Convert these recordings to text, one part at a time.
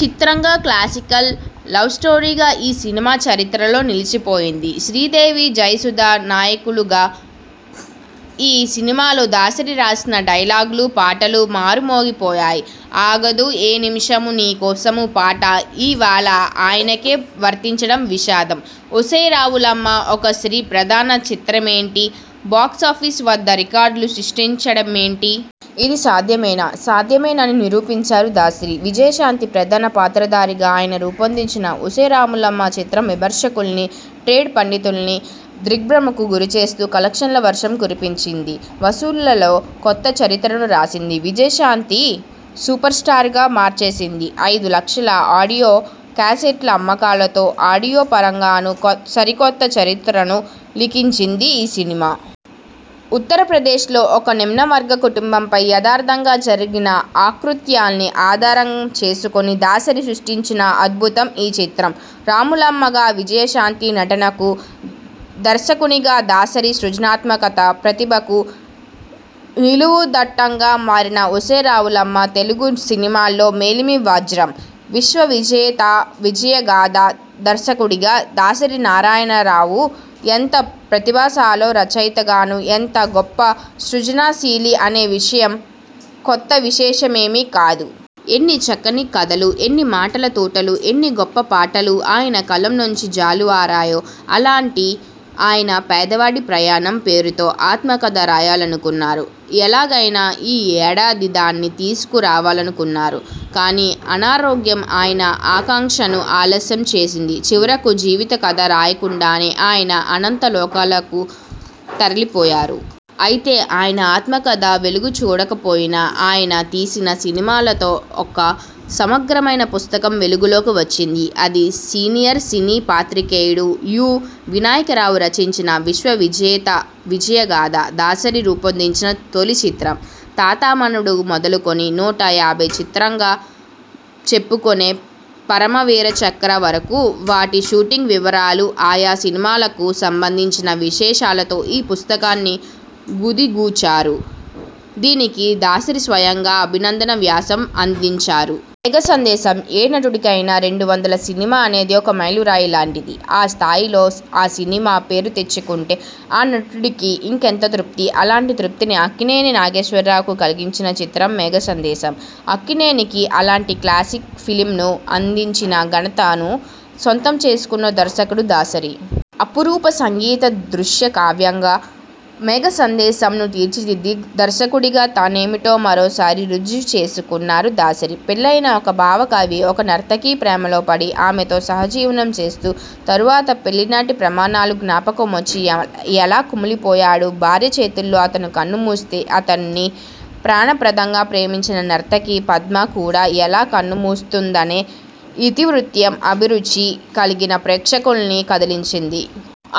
చిత్రంగా, క్లాసికల్ లవ్స్టోరీగా ఈ సినిమా చరిత్రలో నిలిచిపోయింది. శ్రీదేవి, జయసుధ నాయికలుగా ఈ సినిమాలో దాసరి రాసిన డైలాగులు, పాటలు మారుమోగి పోయాయి. 'ఆగదు ఏ నిమిషము నీ కోసమూ' పాట ఇవాళ ఆయనకే వర్తించడం విషాదం. ఒసేయ్ రాములమ్మా! ఒక స్త్రీ ప్రధాన చిత్రమేంటి బాక్సాఫీస్ వద్ద రికార్డులు సృష్టించడమేంటి? ఇది సాధ్యమేనా? సాధ్యమేనని నిరూపించారు దాసరి. విజయశాంతి ప్రధాన పాత్రధారిగా ఆయన రూపొందించిన 'ఒసేయ్ రాములమ్మా! ' చిత్రం విమర్శకుల్నీ, ట్రేడ్ పండితుల్నీ దిగ్భ్రమకు గురిచేస్తూ కలెక్షన్ల వర్షం కురిపించింది. వసూళ్లలో కొత్త చరిత్రను రాసింది. విజయశాంతి సూపర్స్టార్గా మార్చేసింది. ఐదు లక్షల ఆడియో క్యాసెట్ల అమ్మకాలతో ఆడియోపరంగానూ కొసరికొత్త చరిత్రను లిఖించింది ఈ సినిమా. ఉత్తరప్రదేశ్ లో ఒక నిమ్నవర్గ కుటుంబంపై యథార్థంగా జరిగిన అకృత్యాల్ని ఆధారం చేసుకొని దాసరి సృష్టించిన అద్భుతం ఈ చిత్రం. రాములమ్మగా విజయశాంతి నటనకూ, దర్శకునిగా దాసరి సృజనాత్మక ప్రతిభకూ నిలువుదట్టంగా మారిన 'ఒసేయ్ రాములమ్మా! ' తెలుగు సినిమాల్లో మేలిమి వజ్రం. విశ్వవిజేత విజయగాథ దర్శకుడిగా దాసరి నారాయణరావు ఎంత ప్రతిభాశాలో, రచయితగానూ అంత గొప్ప సృజనశీలి అనే విషయం కొత్త విషయమేమీ కాదు. ఎన్ని చక్కని కథలు, ఎన్ని మాటల తూటాలు, ఎన్ని గొప్ప పాటలు ఆయన కలం నుంచి జాలువారాయో! అలాంటి ఆయన 'పేదవాడి ప్రయాణం' పేరుతో ఆత్మకథ రాయాలనుకున్నారు. ఎలాగైనా ఈ ఏడాది దాన్ని తీసుకు రావాలనుకున్నారు. కానీ అనారోగ్యం ఆయన ఆకాంక్షను ఆలస్యం చేసింది. చివరకు జీవిత కథ రాయకుండానే ఆయన అనంత లోకాలకు తరలిపోయారు. అయితే ఆయన ఆత్మకథ వెలుగు చూడకపోయినా, ఆయన తీసిన సినిమాలతో ఒక సమగ్రమైన పుస్తకం వెలుగులోకి వచ్చింది. అది సీనియర్ సినీ పాత్రికేయుడు యు. వినాయకరావు రచించిన 'విశ్వవిజేత విజయగాథ'. దాసరి రూపొందించిన తొలి చిత్రం 'తాత మనవడు' మొదలుకొని, నూట యాభైవ చిత్రంగా చెప్పుకొనే 'పరమవీరచక్ర' వరకూ, వాటి షూటింగ్ వివరాలు, ఆయా సినిమాలకు సంబంధించిన విశేషాలతో ఈ పుస్తకాన్ని గుదిగూచారు దీనికి దాసరి స్వయంగా అభినందన వ్యాసం అందించారు. మేఘసందేశం ఏ నటుడికైనా రెండు వందలవ సినిమా అనేది ఒక మైలురాయి లాంటిది ఆ స్థాయిలో ఆ సినిమా పేరు తెచ్చుకొంటే ఆ నటుడికి ఇంకెంత తృప్తి. అలాంటి తృప్తిని అక్కినేని నాగేశ్వరరావుకు కలిగించిన చిత్రం 'మేఘసందేశం'. అక్కినేనికి అలాంటి క్లాసిక్ ఫిల్మ్ను అందించిన ఘనతను సొంతం చేసుకున్న దర్శకుడు దాసరి. అపురూప సంగీత దృశ్యకావ్యంగా 'మేఘసందేశం'ను తీర్చిదిద్ది దర్శకుడిగా తనేమిటో మరోసారి రుజు చేసుకున్నారు దాసరి. పెళ్లయిన ఒక భావకావి ఒక నర్తకి ప్రేమలో పడి, ఆమెతో సహజీవనం చేస్తూ, తర్వాత పెళ్లినాటి ప్రమాణాలు జ్ఞాపకమొచ్చి యఎలా కుమిలిపోయాడు, భార్య చేతుల్లో అతను కనుమూస్తే, అతడ్ని ప్రాణప్రదంగా ప్రేమించిన నర్తకి పద్మ కూడా ఎలా కన్నుమూస్తుందనే ఇతివృత్తం అభిరుచి కలిగిన ప్రేక్షకుల్ని కదిలించింది.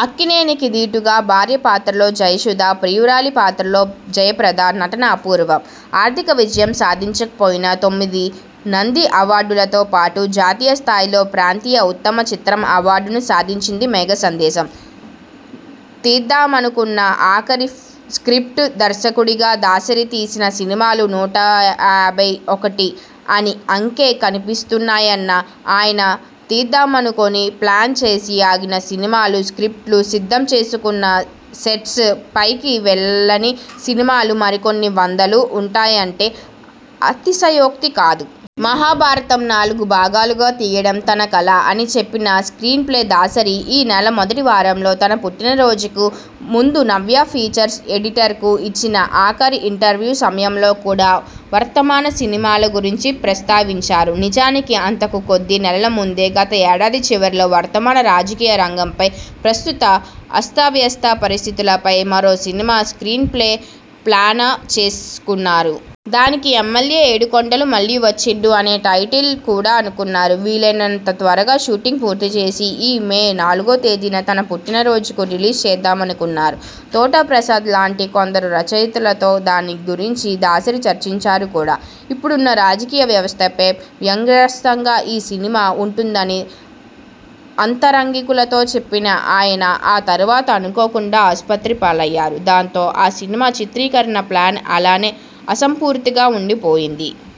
అక్కినేనికి దీటుగా భార్య పాత్రలో జయసుధ, ప్రియురాలి పాత్రలో జయప్రద నటన అపూర్వం. ఆర్థిక విజయం సాధించకపోయినా, తొమ్మిది నంది అవార్డులతో పాటు జాతీయ స్థాయిలో ప్రాంతీయ ఉత్తమ చిత్రం అవార్డును సాధించింది 'మేఘసందేశం'. తీద్దామనుకున్న ఆఖరి స్క్రిప్ట్ దర్శకుడిగా దాసరి తీసిన సినిమాలు నూటయాభై ఒకటి అని అంకె కనిపిస్తున్నాఆయన తీద్దామనుకొని, ప్లాన్ చేసి ఆగిన సినిమాలు, స్క్రిప్ట్లు సిద్ధం చేసుకున్నా సెట్స్ పైకి వెళ్ళని సినిమాలు మరికొన్ని వందలు ఉంటాయంటే అతిశయోక్తి కాదు. మహాభారతం నాలుగు భాగాలుగా తీయడం తన కల అని చెప్పిన స్క్రీన్ ప్లే దాసరి ఈ నెల మొదటి వారంలో తన పుట్టినరోజుకు ముందు నవ్య ఫీచర్స్ ఎడిటర్ కు ఇచ్చిన ఆఖరి ఇంటర్వ్యూ సమయంలో కూడా వర్తమాన సినిమాల గురించి ప్రస్తావించారు. నిజానికి, అంతకు కొద్ది నెలల ముందే గత ఏడాది చివరలో వర్తమాన రాజకీయ రంగంపై, ప్రస్తుత అస్తవ్యస్త పరిస్థితులపై మరో సినిమా స్క్రీన్ ప్లే ప్లాన చేసుకున్నారు. దానికి ఎమ్మెల్యే ఏడుకొండలు మళ్ళీ వచ్చిండు అనే టైటిల్ కూడా అనుకున్నారు. వీలైనంత త్వరగా షూటింగ్ పూర్తి చేసి, ఈ మే నాలుగో తేదీన తన పుట్టినరోజుకు రిలీజ్ చేద్దామనుకున్నారు. తోట ప్రసాద్ లాంటి కొందరు రచయితలతో దాని గురించి దాసరి చర్చించారు కూడా. ఇప్పుడున్న రాజకీయ వ్యవస్థపై వ్యంగ్యాస్త్రంగా ఈ సినిమా ఉంటుందని ఆంతరంగికులతో చెప్పిన ఆయన ఆ తరువాత అనుకోకుండా ఆసుపత్రి పాలయ్యారు. దాంతో, ఆ సినిమా చిత్రీకరణ ప్లాన అలానే అసంపూర్తిగా ఉండిపోయింది.